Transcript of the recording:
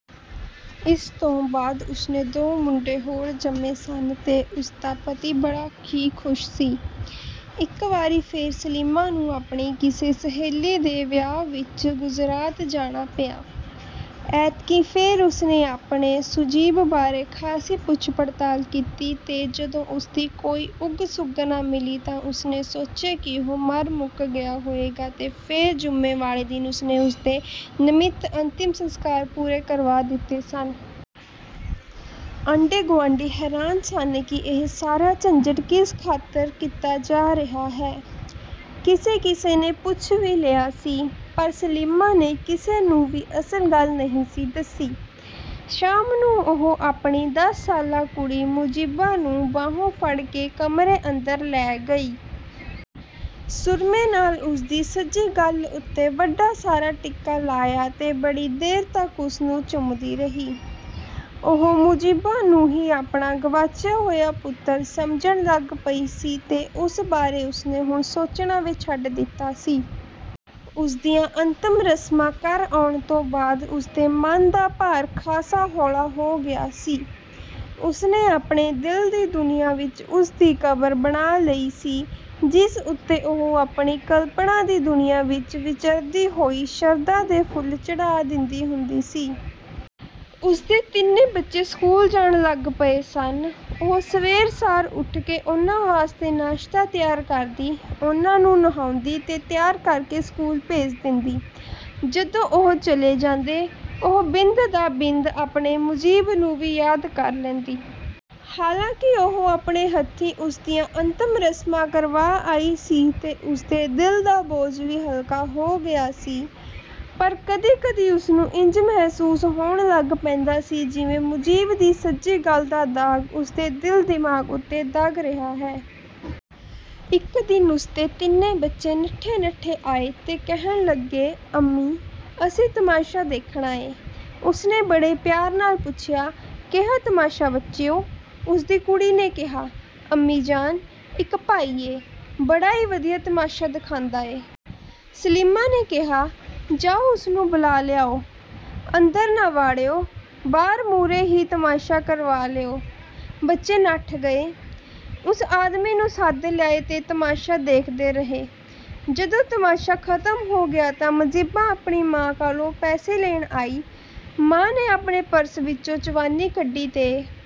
ਇਸ ਤੋਂ ਬਾਅਦ ਉਸਨੇ ਦੋ ਮੁੰਡੇ ਹੋਰ ਜੰਮੇ ਸਨ ਤੇ ਉਸਦਾ ਪਤੀ ਬੜਾ ਹੀ ਖੁਸ਼ ਸੀ। ਇਕ ਵਾਰੀ ਫੇਰ ਸਲੀਮਾ ਨੂੰ ਆਪਣੀ ਕਿਸੇ ਸਹੇਲੀ ਦੇ ਵਿਆਹ ਵਿਚ ਗੁਜਰਾਤ ਜਾਣਾ ਪਿਆ। ਐਤਕੀਂ ਫੇਰ ਉਸਨੇ ਆਪਣੇ ਮੁਜੀਬ ਬਾਰੇ ਖਾਸੀ ਪੁੱਛ-ਪੜਤਾਲ ਕੀਤੀ ਤੇ ਜਦੋਂ ਉਸਦੀ ਕੋਈ ਉੱਗ-ਸੁੱਘ ਨਾ ਮਿਲੀ ਤਾਂ ਉਸਨੇ ਸੋਚਿਆ ਕਿ ਉਹ ਮਰ-ਮੁੱਕ ਗਿਆ ਹੋਏਗਾ ਤੇ ਫੇਰ ਜੁਮੇ ਵਾਲੇ ਦਿਨ ਉਸਨੇ ਉਸਦੇ ਨਮਿੱਤ ਅੰਤਿਮ ਸੰਸਕਾਰ ਪੂਰੇ ਕਰਵਾ ਦਿੱਤੇ ਸਨ। ਆਂਢੀ-ਗੁਆਂਢੀ ਹੈਰਾਨ ਸਨ ਕਿ ਇਹ ਸਾਰਾ ਝੰਜਟ ਕਿਸ ਖਾਤਰ ਕੀਤਾ ਜਾ ਰਿਹਾ ਹੈ! ਕਿਸੇ ਕਿਸੇ ਨੇ ਪੁੱਛ ਵੀ ਲਿਆ ਸੀ, ਪਰ ਸਲੀਮਾ ਨੇ ਕਿਸੇ ਨੂੰ ਵੀ ਅਸਲ ਗੱਲ ਨਹੀਂ ਸੀ ਦੱਸੀ। ਸ਼ਾਮ ਨੂੰ ਉਹ ਆਪਣੀ ਦਸ ਸਾਲਾ ਕੁੜੀ ਮੁਜੀਬਾ ਨੂੰ ਬਾਹੋਂ ਫੜ੍ਹ ਕੇ ਕਮਰੇ ਅੰਦਰ ਲੈ ਗਈ। ਸੁਰਮੇ ਨਾਲ ਉਸਦੀ ਸੱਜੀ ਗੱਲ੍ਹ ਉੱਤੇ ਵੱਡਾ ਸਾਰਾ ਟਿੱਕਾ ਲਾਇਆ ਤੇ ਬੜੀ ਦੇਰ ਤੱਕ ਉਸਨੂੰ ਚੁੰਮਦੀ ਰਹੀ। ਉਹ ਮੁਜੀਬਾ ਨੂੰ ਹੀ ਆਪਣਾ ਗਵਾਚਿਆ ਹੋਇਆ ਪੁੱਤਰ ਸਮਝਣ ਲੱਗ ਪਈ ਸੀ ਤੇ ਉਸ ਬਾਰੇ ਉਸਨੇ ਹੁਣ ਸੋਚਣਾ ਵੀ ਛੱਡ ਦਿੱਤਾ ਸੀ। ਉਸਦੀਆਂ ਅੰਤਮ ਰਸਮਾਂ ਕਰ ਆਉਣ ਤੋਂ ਬਾਅਦ ਉਸਦੇ ਮਨ ਦਾ ਭਾਰ ਖਾਸਾ ਹੌਲਾ ਹੋ ਗਿਆ ਸੀ। ਉਸਨੇ ਆਪਣੇ ਦਿਲ ਦੀ ਦੁਨੀਆਂ ਵਿਚ ਉਸ ਦੀ ਕਬਰ ਬਣਾਅ ਲਈ ਸੀ, ਜਿਸ ਉੱਤੇ ਉਹ ਆਪਣੀ ਕਲਪਣਾ ਦੀ ਦੁਨੀਆਂ ਵਿਚ ਵਿਚਰਦੀ ਹੋਈ ਸ਼ਰਧਾ ਦੇ ਫੁੱਲ ਚੜ੍ਹਾ ਦਿੰਦੀ ਹੁੰਦੀ ਸੀ। ਉਸਦੇ ਤਿੰਨੇ ਬੱਚੇ ਸਕੂਲ ਜਾਣ ਲੱਗ ਪਏ ਸਨ। ਉਹ ਸਵੇਰ ਸਾਰ ਉੱਠ ਕੇ ਉਹਨਾਂ ਵਾਸਤੇ ਨਾਸ਼ਤਾ ਤਿਆਰ ਕਰਦੀ, ਉਹਨਾਂ ਨੂੰ ਨੁਹਾਉਂਦੀ ਤੇ ਤਿਆਰ ਕਰਕੇ ਸਕੂਲ ਭੇਜ ਦਿੰਦੀ। ਜਦੋਂ ਉਹ ਚਲੇ ਜਾਂਦੇ, ਉਹ ਬਿੰਦ ਦਾ ਬਿੰਦ ਆਪਣੇ ਮੁਜੀਬ ਨੂੰ ਵੀ ਯਾਦ ਕਰ ਲੈਂਦੀ। ਹਾਲਾਂਕਿ ਉਹ ਆਪਣੇ ਹੱਥੀਂ ਉਸਦੀਆਂ ਅੰਤਮ ਰਸਮਾਂ ਕਰਵਾ ਆਈ ਸੀ ਤੇ ਉਸਦੇ ਦਿਲ ਦਾ ਬੋਝ ਵੀ ਹਲਕਾ ਹੋ ਗਿਆ ਸੀ, ਪਰ ਕਦੀ ਕਦੀ ਉਸਨੂੰ ਇੰਜ ਮਹਿਸੂਸ ਹੋਣ ਲੱਗ ਪੈਂਦਾ ਸੀ ਜਿਵੇਂ ਮੁਜੀਬ ਦੀ ਸੱਜੀ ਗੱਲ੍ਹ ਦਾ ਦਾਗ਼ ਉਸਦੇ ਦਿਲ ਦਿਮਾਗ਼ ਉੱਤੇ ਦਗ਼ ਰਿਹਾ ਹੈ। ਇਕ ਦਿਨ ਉਸਦੇ ਤਿੰਨੇ ਬੱਚੇ ਨੱਠੇ ਨੱਠੇ ਆਏ ਤੇ ਕਹਿਣ ਲੱਗੇ, "ਅੰਮੀ, ਅਸੀਂ ਤਮਾਸ਼ਾ ਦੇਖਣਾ ਏਂ।" ਉਸਨੇ ਬੜੇ ਪਿਆਰ ਨਾਲ ਪੁੱਛਿਆ, "ਕੇਹਾ ਤਮਾਸ਼ਾ ਬੱਚਿਓ?" ਉਸਦੀ ਕੁੜੀ ਨੇ ਕਿਹਾ, "ਅੰਮੀ ਜਾਨ, ਇਕ ਭਾਈ ਏ, ਬੜਾ ਈ ਵਧੀਆ ਤਮਾਸ਼ਾ ਦਿਖਾਂਦਾ ਏ।" ਸਲੀਮਾ ਨੇ ਕਿਹਾ, "ਜਾਓ ਉਸਨੂੰ ਬੁਲਾ ਲਿਆਓ। ਅੰਦਰ ਨਾ ਵਾੜਿਓ, ਬਾਰ ਮੂਹਰੇ ਈ ਤਮਾਸ਼ਾ ਕਰਵਾ ਲਿਓ।" ਬੱਚੇ ਨੱਠ ਗਏ। ਉਸ ਆਦਮੀ ਨੂੰ ਸੱਦ ਲਿਆਏ ਤੇ ਤਮਾਸ਼ਾ ਦੇਖਦੇ ਰਹੇ। ਜਦੋਂ ਤਮਾਸ਼ਾ ਖਤਮ ਹੋ ਗਿਆ ਤਾਂ ਮਜੀਬਾ ਆਪਣੀ ਮਾਂ ਕੋਲੋਂ ਪੈਸੇ ਲੈਣ ਆਈ। ਮਾਂ ਨੇ ਆਪਣੇ ਪਰਸ ਵਿਚੋਂ ਚਵਾਨੀ ਕੱਢੀ ਤੇ